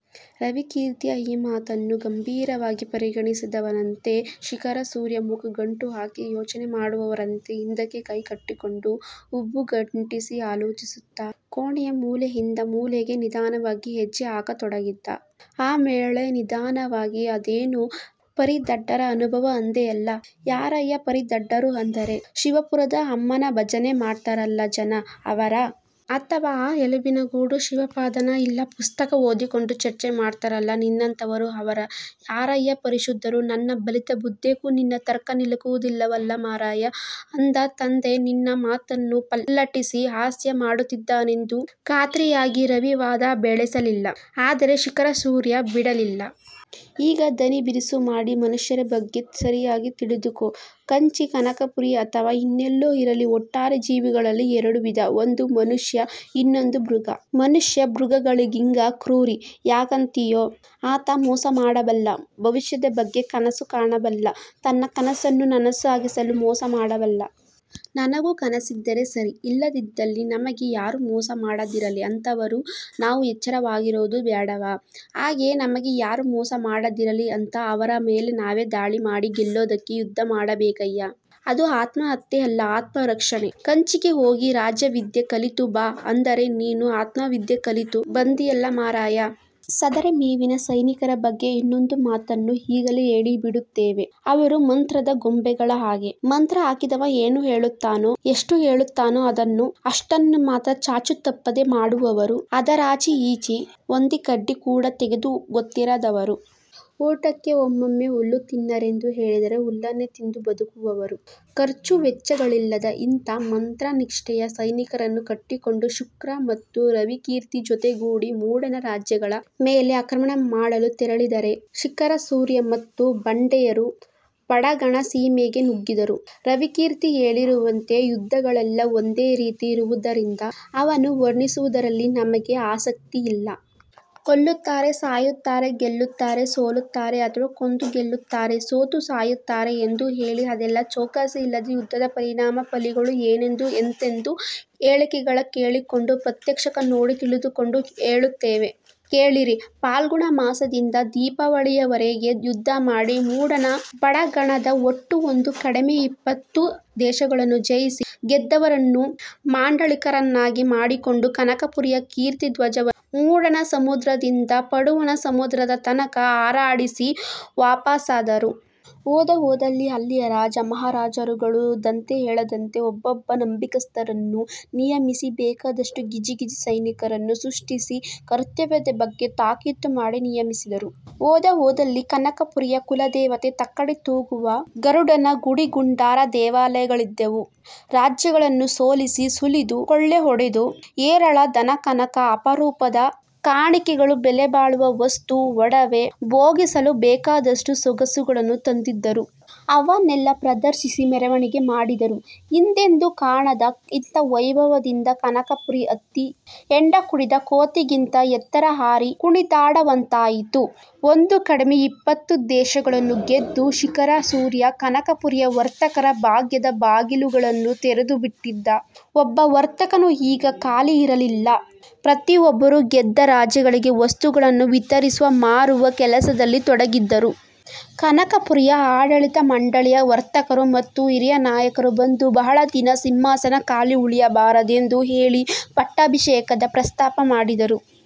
ರವಿಕೀರ್ತಿಯ ಈ ಮಾತನ್ನ ಗಂಭೀರವಾಗಿ ಪರಿಗಣಿಸಿದವನಂತೆ ಶಿಖರಸೂರ್ಯ ಮುಖ ಗಂಟು ಹಾಕಿ ಯೋಚನೆ ಮಾಡುವವರಂತೆ ಹಿಂದಕ್ಕೆ ಕೈ ಕಟ್ಟಿಕೊಂಡು, ಹುಬ್ಬುಗಂಟಿಕ್ಕಿ ಆಲೋಚಿಸುತ್ತ, ಕೋಣೆಯ ಮೂಲೆಯಿಂದ ಮೂಲೆಗೆ ನಿಧಾನವಾಗಿ ಹೆಜ್ಜೆಹಾಕತೊಡಗಿದ. ಆಮೇಳೆ ನಿಧಾನವಾಗಿ "ಅದೇನೋ ಪರಿಧಡ್ಡರ ಅನುಭವ ಅಂದೆಯಲ್ಲ? ಯಾರಯ್ಯ ಪರಿಧಡ್ಡರು ಅಂದರೆ? ಶಿವಾಪುರದ ಅಮ್ಮನ ಭಜನೆ ಮಾಡ್ತಾರಲ್ಲ ಜನ, ಅವರ? ಅಥವಾ ಆ ಎಲುಬಿನ ಗೂಡು ಶಿವಪಾದನ? ಇಲ್ಲಾ ಪುಸ್ತಕ ಓದಿಕೊಂಡು ಚರ್ಚೆ ಮಾಡ್ತಾರಲ್ಲ ನಿನ್ನಂಥವರು, ಅವರ? ಯಾರಯ್ಯಾ ಪರಿಶುದ್ಧರು? ನನ್ನ ಬಲಿತ ಬುದ್ಧೆಗೂ ನಿನ್ನ ತರ್ಕ ನಿಲುಕುವುದಿಲ್ಲವಲ್ಲ ಮಾರಾಯಾ". ಅಂದ. ತಂದೆ ತನ್ನ ಮಾತನ್ನ ಪಲ್ಲಟಿಸಿ ಹಾಸ್ಯ ಮಾಡುತ್ತಿದ್ದಾನೆಂದು ಖಾತ್ರಿಯಾಗಿ ರವಿ ವಾದ ಬೆಳೆಸಲಿಲ್ಲ. ಆದರೆ ಶಿಖರಸೂರ್ಯ ಬಿಡಲಿಲ್ಲ. ಈಗ ದನಿ ಬಿರುಸು ಮಾಡಿ, "ಮನುಷ್ಯರ ಬಗ್ಗೆ ಸರಿಯಾಗಿ ತಿಳಿದುಕೊ. ಕಂಚಿ ಕನಕಪುರಿ ಅಥವಾ ಇನ್ನೆಲ್ಲೋ ಇರಲಿ ಒಟ್ಟಾರೆ ಜೀವಿಗಳಲ್ಲಿ ಎರಡು ವಿಧ: ಒಂದು ಮನುಷ್ಯ, ಇನ್ನೊಂದು ಮೃಗ. ಮನುಷ್ಯ ಮೃಗಗಳಿಗಿಂಗ ಕ್ರೂರಿ. ಯಾಕಂತೀಯೊ? ಆತ ಮೋಸ ಮಾಡಬಲ್ಲ; ಭವಿಷ್ಯದ ಬಗ್ಗೆ ಕನಸು ಕಾಣಬಲ್ಲ. ತನ್ನ ಕನಸನ್ನ ನನಸಾಗಿಸಲು ಮೋಸ ಮಾಡಬಲ್ಲ. ನನಗೂ ಕನಸಿದ್ದರೆ ಸರಿ. ಇಲ್ಲದಿದ್ದಲ್ಲಿ ನಮಗೆ ಯಾರೂ ಮೋಸ ಮಾಡದಿರಲಿ ಅಂತಾದರೂ ನಾವು ಎಚ್ಚರವಾಗಿರೋದು ಬ್ಯಾಡವಾ? ಹಾಗೆಯೇ ನಮಗೆ ಯಾರೂ ಮೋಸ ಮಾಡದಿರಲಿ ಅಂತ ಅವರ ಮೇಲೆ ನಾವೇ ದಾಳಿ ಮಾಡಿ ಗೆಲ್ಲೋದಕ್ಕೆ ಯುದ್ಧ ಮಾಡಬೇಕಯ್ಯಾ. ಅದು ಆತ್ಮಹತ್ಯೆಯಲ್ಲ, ಆತ್ಮರಕ್ಷಣೆ. ಕಂಚಿಗೆ ಹೋಗಿ ರಾಜವಿದ್ಯೆ ಕಲಿತು ಬಾ ಅಂದರೆ ನೀನು ಆತ್ಮವಿದ್ಯೆ ಕಲಿತು ಬಂದೆಯಲ್ಲಾ ಮಾರಾಯಾ! " ಸದರಿ ಮೇವಿನ ಸೈನಿಕರ ಬಗ್ಗೆ ಇನ್ನೊಂದು ಮಾತನ್ನು ಈಗಲೇ ಹೇಳಿ ಬಿಡುತ್ತೇವೆ: ಅವರು ಮಂತ್ರದ ಗೊಂಬೆಗಳ ಹಾಗೆ. ಮಂತ್ರ ಹಾಕಿದವ ಏನು ಹೇಳುತ್ತಾನೋ, ಎಷ್ಟು ಹೇಳುತ್ತಾನೋ ಅದನ್ನು, ಅಷ್ಟನ್ನು ಮಾತ್ರ ಚಾಚೂ ತಪ್ಪದೆ ಮಾಡುವವರು. ಅದರಾಚಿ ಈಚೆ ಒಂದಿ ಕಡ್ಡಿ ಕೂಡ ತೆಗೆದು ಗೊತ್ತಿರದವರು. ಊಟಕ್ಕೆ ಒಮ್ಮೊಮ್ಮೆ ಹುಲ್ಲು ತಿನ್ನಿರೆಂದು ಹೇಳಿದರೆ ಹುಲ್ಲನ್ನೇ ತಿಂದು ಬದುಕುವವರು. ಖರ್ಚು ವೆಚ್ಚಗಳಿಲ್ಲದ ಇಂಥ ಮಂತ್ರನಿಷ್ಠೆಯ ಸೈನಿಕರನ್ನು ಕಟ್ಟಿಕೊಂಡು ಸುಕ್ರ ಮತ್ತು ರವಿಕೀರ್ತಿ ಜೊತೆಗೂಡಿ ಮೂಡನ ರಾಜ್ಯಗಳ ಮೇಲೆ ಆಕ್ರಮಣ ಮಾಡಲು ತೆರಳಿದರೆ ಶಿಖರಸೂರ್ಯ ಮತ್ತು ಬಂಡೆಯರು ಬಡಗಣ ಸೀಮೆಗೆ ನುಗ್ಗಿದರು. ರವಿಕೀರ್ತಿ ಹೇಳಿರುವಂತೆ ಯುದ್ಧಗಳೆಲ್ಲಾ ಒಂದೇ ರೀತಿ ಇರುವುದರಿಂದ ಅವನ್ನು ವರ್ಣಿಸುವುದರಲ್ಲಿ ನಮಗೆ ಆಸಕ್ತಿಯಿಲ್ಲ. ಕೊಲ್ಲುತ್ತಾರೆ, ಸಾಯುತ್ತಾರೆ, ಗೆಲ್ಲುತ್ತಾರೆ. ಸೋಲುತ್ತಾರೆ. ಅಥವಾ ಕೊಂದು ಗೆಲ್ಲುತ್ತಾರೆ, ಸೋತು ಸಾಯುತ್ತಾರೆ, ಎಂದು ಹೇಳಿ ಅದೆಲ್ಲಾ ಚೌಕಾಶಿಯಿಲ್ಲದೆ ಯುದ್ಧದ ಪರಿಣಾಮ ಫಲಿಗಳು ಏನೆಂದು, ಎಂತೆಂದು ಹೇಳಿಕೆಗಳ ಕೇಳಿಕೊಂಡು, ಪ್ರತ್ಯಕ್ಷಕ ನೋಡಿ ತಿಳಿದುಕೊಂಡು ಹೇಳುತ್ತೇವೆ, ಕೇಳಿರಿ:ಫಾಲ್ಗುಣ ಮಾಸದಿಂದ ದೀಪಾವಳಿಯವರೆಗೆ ಯುದ್ಧಮಾಡಿ ಮೂಡಣ ಬಡಗಣದ ಒಟ್ಟು ಒಂದು ಕಡಿಮೆ ಇಪ್ಪತ್ತು ದೇಶಗಳನ್ನೂ ಜಯಿಸಿ, ಗೆದ್ದವರನ್ನ ಮಾಂಡಳಿಕರನ್ನಾಗಿ ಮಾಡಿಕೊಂಡು, ಕನಕಪುರಿಯ ಕೀರ್ತಿ ಧ್ವಜವನ್ನು ಮೂಡಣ ಸಮುದ್ರದಿಂದ ಪಡುವಣ ಸಮುದ್ರದ ತನಕ ಹಾರಾಡಿಸಿ ವಾಪಸಾದರು. ಹೋದಹೋದಲ್ಲಿ ಅಲ್ಲಿಯ ರಾಜ ಮಹಾರಾಜರುಗಳು ದಂತೆಯೇಳದಂತೆ ಒಬ್ಬೊಬ್ಬ ನಂಬಿಕಸ್ಥರನ್ನ ನಿಯಮಿಸಿ ಬೇಕಾದಷ್ಟು ಗಿಜಿ ಗಿಜಿ ಸೈನಿಕರನ್ನು ಸೃಷ್ಟಿಸಿ, ಕರ್ತವ್ಯದ ಬಗ್ಗೆ ತಾಕೀತು ಮಾಡಿ ನಿಯಮಿಸಿದರು. ಹೋದಹೋದಲ್ಲಿ ಕನಕಪುರಿಯ ಕುಲದೇವತೆ ತಕ್ಕಡಿ ತೂಗುವ ಗರುಡನ ಗುಡಿ ಗುಂಡಾರ ದೇವಾಲಯಗಳೆದ್ದವು. ರಾಜ್ಯಗಳನ್ನು ಸೋಲಿಸಿ, ಸುಲಿದು, ಕೊಳ್ಳೆ ಹೊಡೆದು, ಹೇರಳ ಧನಕನಕ, ಅಪರೂಪದ ಕಾಣಿಕೆಗಳು ಬೆಲೆಬಾಳುವ ವಸ್ತು ಒಡವೆ, ಭೋಗಿಸಲು ಬೇಕಾದಷ್ಟು ಸೊಗಸುಗಳನ್ನು ತಂದಿದ್ದರು. ಅವನ್ನೆಲ್ಲ ಪ್ರದರ್ಶಿಸಿ ಮೆರವಣಿಗೆ ಮಾಡಿದರು. ಹಿಂದೆಂದೂ ಕಾಣದ ಇಂಥ ವೈಭವದಿಂದ ಕನಕಪುರಿ ಹತ್ತಿ ಹೆಂಡ ಕುಡಿದ ಕೋತಿಗಿಂತ ಎತ್ತರ ಹಾರಿ ಕುಣಿದಾಡವಂತಾಯಿತು. ಒಂದು ಕಡಿಮೆ ಇಪ್ಪತ್ತು ದೇಶಗಳನ್ನು ಗೆದ್ದು ಶಿಖರಸೂರ್ಯ ಕನಕಪುರಿಯ ವರ್ತಕರ ಭಾಗ್ಯದ ಬಾಗಿಲುಗಳನ್ನು ತೆರೆದುಬಿಟ್ಟಿದ್ದ. ಒಬ್ಬ ವರ್ತಕನೂ ಈಗ ಖಾಲಿ ಇರಲಿಲ್ಲ. ಪ್ರತಿಯೊಬ್ಬರೂ ಗೆದ್ದ ರಾಜ್ಯಗಳಿಗೆ ವಸ್ತುಗಳನ್ನು ವಿತರಿಸುವ, ಮಾರುವ ಕೆಲಸದಲ್ಲಿ ತೊಡಗಿದ್ದರು. ಕನಕಪುರಿಯ ಆಡಳಿತ ಮಂಡಳಿಯ ವರ್ತಕರು ಮತ್ತು ಹಿರಿಯ ನಾಯಕರು ಬಂದು ಬಹಳ ದಿನ ಸಿಂಹಾಸನ ಖಾಲಿ ಉಳಿಯಬಾರದೆಂದು ಹೇಳಿ ಪಟ್ಟಾಭಿಷೇಕದ ಪ್ರಸ್ತಾಪ ಮಾಡಿದರು.